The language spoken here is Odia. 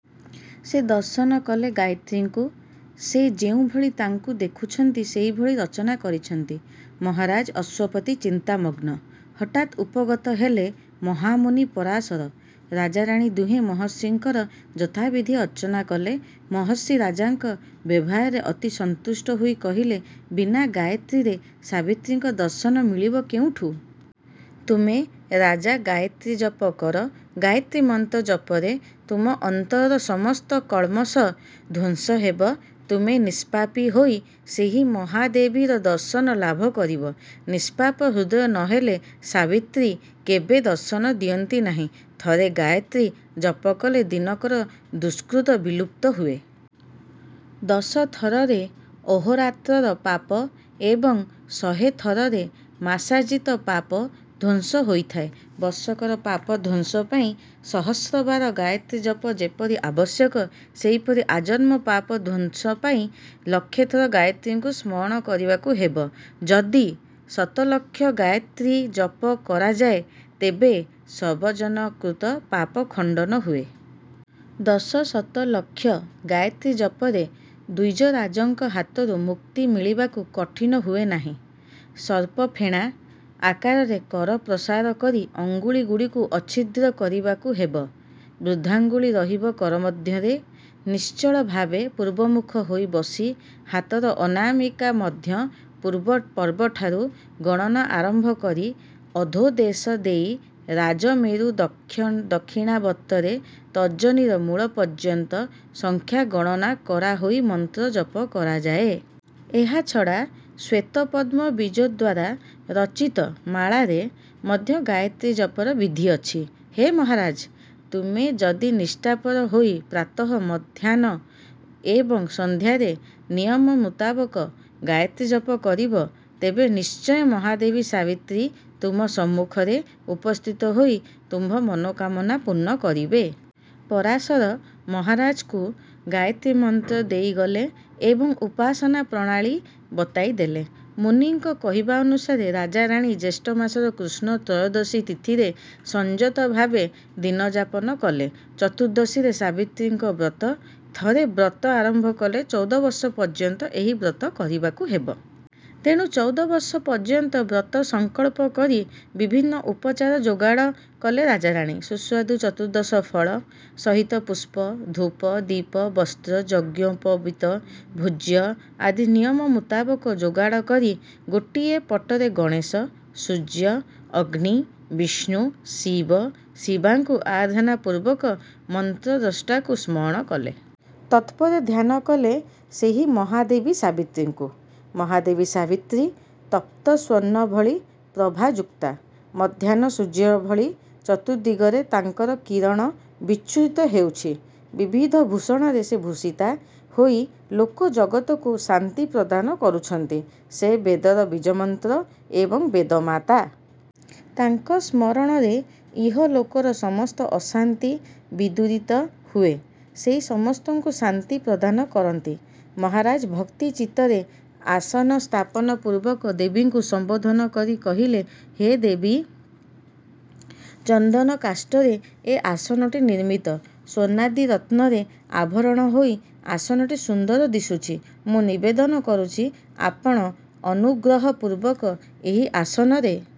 ସେ ଦର୍ଶନ କଲେ ଗାୟତ୍ରୀଙ୍କୁ। ସେ ଯେଉଁଭଳି ତାଙ୍କୁ ଦେଖିଛନ୍ତି ସେହିଭଳି ରଚନା କରିଛନ୍ତି। ମହାରାଜ ଅଶ୍ୱପତି ଚିନ୍ତାମଗ୍ନ। ହଠାତ୍ ଉପଗତ ହେଲେ ମହାମୁନି ପରାଶର। ରାଜାରାଣୀ ଦୁହେଁ ମହର୍ଷିଙ୍କର ଯଥାବିଧି ଅର୍ଚ୍ଚନା କଲେ। ମହର୍ଷି ରାଜାଙ୍କ ବ୍ୟବହାରରେ ଅତି ସନ୍ତୁଷ୍ଟ ହୋଇ କହିଲେ, ବିନା ଗାୟତ୍ରୀରେ ସାବିତ୍ରୀଙ୍କ ଦର୍ଶନ ମିଳିବ କେଉଁଠୁ-? ତୁମେ ରାଜା ଗାୟତ୍ରୀ ଜପ କର। ଗାୟତ୍ରୀ ମନ୍ତ୍ର ଜପରେ ତୁମ ଅନ୍ତରର ସମସ୍ତ କଳ୍ମଷ ଧ୍ୱଂସ ହେବ। ତୁମେ ନିଷ୍ପାପି ହୋଇ ସେହି ମହାଦେବୀର ଦର୍ଶନ ଲାଭ କରିବ। ନିଷ୍ପାପ ହୃଦୟ ନହେଲେ ସାବିତ୍ରୀ କେବେ ଦର୍ଶନ ଦିଅନ୍ତି ନାହିଁ। ଥରେ ଗାୟତ୍ରୀ ଜପକଲେ ଦିନକର ଦୁଷ୍କୃତ ବିଲୁପ୍ତ ହୁଏ। ଦଶଥରରେ ଅହୋରାତ୍ରର ପାପ ଏବଂ ଶହେଥରରେ ମାସାର୍ଜିତ ପାପ ଧ୍ୱଂସ ହୋଇଥାଏ। ବର୍ଷକର ପାପ ଧ୍ୱଂସ ପାଇଁ ସହସ୍ରବାର ଗାୟତ୍ରୀ ଜପ ଯେପରି ଆବଶ୍ୟକ ସେହିପରି ଆଜନ୍ମ ପାପଧ୍ୱଂସ ପାଇଁ ଲକ୍ଷେଥର ଗାୟତ୍ରୀଙ୍କୁ ସ୍ମରଣ କରିବାକୁ ହେବ। ଯଦି ଶତଲକ୍ଷ ଗାୟତ୍ରୀ ଜପ କରାଯାଏ ତେବେ ସର୍ବଜନକୃତ ପାପ ଖଣ୍ଡନ ହୁଏ। ଦଶଶତ ଲକ୍ଷ ଗାୟତ୍ରୀ ଜପରେ ଦ୍ୱିଜରାଜଙ୍କ ହାତରୁ ମୁକ୍ତି ମିଳିବାକୁ କଠିନ ହୁଏ ନାହିଁ। ସର୍ପଫେଣା ଆକାରରେ କର ପ୍ରସାର କରି ଅଙ୍ଗୁଳିଗୁଡ଼ିକୁ ଅଛିଦ୍ର କରିବାକୁ ହେବ। ବୃଦ୍ଧାଙ୍ଗୁଳି ରହିବ କର ମଧ୍ୟରେ। ନିଶ୍ଚଳଭାବେ ପୂର୍ବମୁଖ ହୋଇ ବସି ହାତର ଅନାମିକା ମଧ୍ୟପର୍ବଠାରୁ ଗଣନା ଆରମ୍ଭ କରି ଅଧୋଦେଶ ଦେଇ ରାଜମେରୁ ଦକ୍ଷିଣାବର୍ତ୍ତରେ ତର୍ଜନୀର ମୂଳ ପର୍ଯ୍ୟନ୍ତ ସଂଖ୍ୟା ଗଣନା କରାହୋଇ ମନ୍ତ୍ର ଜପ କରାଯାଏ। ଏହାଛଡ଼ା ଶ୍ୱେତପଦ୍ମ ବୀଜଦ୍ୱାରା ରଚିତ ମାଳାରେ ମଧ୍ୟ ଗାୟତ୍ରୀ ଜପର ବିଧି ଅଛି। ହେ ମହାରାଜ! ତୁମେ ଯଦି ନିଷ୍ଠାପର ହୋଇ ପ୍ରାତଃ, ମଧ୍ରାହ୍ନ ଏବଂ ସଂନ୍ଧ୍ୟାରେ ନିୟମ ମୁତାବକ ଗାୟତ୍ରୀ ଜପ କରିବ ତେବେ ନିଶ୍ଚୟ ମହାଦେବୀ ସାବିତ୍ରୀ ତୁମ ସମ୍ମୁଖରେ ଉପସ୍ଥିତ ହୋଇ ତୁମ୍ଭ ମନୋକାମନା ପୂର୍ଣ୍ଣ କରିବେ। ପରାଶର ମହାରାଜଙ୍କୁ ଗାୟତ୍ରୀ ମନ୍ତ୍ର ଦେଇଗଲେ ଏବଂ ଉପାସନା ପ୍ରଣାଳୀ ବତାଇ ଦେଲେ। ମୁନିଙ୍କ କହିବାନୁସାରେ ରାଜା ରାଣୀ ଜ୍ୟେଷ୍ଠ ମାସର କୃଷ୍ଣ ତ୍ରୟୋଦଶୀ ତିଥିରେ ସଂଯତ ଭାବେ ଦିନଯାପନ କଲେ। ଚତୁର୍ଦ୍ଦଶୀରେ ସାବିତ୍ରୀଙ୍କ ବ୍ରତ। ଥରେ ବ୍ରତ ଆରମ୍ଭ କଲେ ଚଉଦ ବର୍ଷ ପର୍ଯ୍ୟନ୍ତ ଏହି ବ୍ରତ କରିବାକୁ ହେବ। ତେଣୁ ଚଉଦ ବର୍ଷ ପର୍ଯ୍ୟନ୍ତ ବ୍ରତ ସଂକଳ୍ପ କରି ବିଭିନ୍ନ ଉପଚାର ଯୋଗାଡ଼ କଲେ ରାଜାରାଣୀ। ସୁସ୍ୱାଦୁ ଚତୁର୍ଦ୍ଦଶ ଫଳ ସହିତ ପୁଷ୍ପ, ଧୂପ, ଦୀପ, ବସ୍ତ୍ର, ଯଜ୍ଞୋପବୀତ, ଭୋଜ୍ୟ ଆଦି ନିୟମ ମୁତାବକ ଯୋଗାଡ଼ କରି ଗୋଟିଏ ପଟରେ ଗଣେଣ, ସୂର୍ଯ୍ୟ, ଅଗ୍ନି, ବିଷ୍ଣୁ, ଶିବ, ଶିବାଙ୍କୁ ଆରାଧନା ପୂର୍ବକ ମନ୍ତ୍ରଦ୍ରଷ୍ଟାଙ୍କୁ ସ୍ମରଣ କଲେ। ତତ୍ପରେ ଧ୍ୟାନକଲେ ସେହି ମହାଦେବୀ ସାବିତ୍ରୀଙ୍କୁ। ମହାଦେବୀ ସାବିତ୍ରୀ ତପ୍ତ ସ୍ୱର୍ଣ୍ଣ ଭଳି ପ୍ରଭାଯୁକ୍ତା। ମଧ୍ୟାହ୍ନ ସୂର୍ଯ୍ୟ ଭଳି ଚତୁର୍ଦ୍ଦିଗରେ ତାଙ୍କର କିରଣ ବିଚ୍ଛୁରିତ ହେଉଛି। ବିବିଧ ଭୂଷଣରେ ସେ ଭୂଷିତା ହୋଇ ଲୋକ ଜଗତକୁ ଶାନ୍ତି ପ୍ରଦାନ କରୁଛନ୍ତି। ସେ ବେଦର ବୀଜମନ୍ତ୍ର ଏବଂ ବେଦମାତା। ତାଙ୍କ ସ୍ମରଣରେ ଇହ ଲୋକର ସମସ୍ତ ଅଶାନ୍ତି ବିଦୂରିତ ହୁଏ। ସେ ସମସ୍ତଙ୍କୁ ଶାନ୍ତି ପ୍ରଦାନ କରନ୍ତି। ମହାରାଜ ଭକ୍ତି ଚିତ୍ତରେ ଆସନ ସ୍ଥାପନ ପୂର୍ବକ ଦେବୀଙ୍କୁ ସମ୍ୱୋଧନ କରି କହିଲେ-ହେ ଦେବୀ! ଚନ୍ଦନ କାଷ୍ଠରେ ଏ ଆସନଟି ନିର୍ମିତ। ସ୍ୱର୍ଣ୍ଣାଦି ରତ୍ନରେ ଆଭରଣ ହୋଇ ଆସନଟି ସୁନ୍ଦର ଦିଶୁଛି। ମୁଁ ନିବେଦନ କରୁଛି ଆପଣ ଅନୁଗ୍ରହପୂର୍ବକ ଏହି ଆସନରେ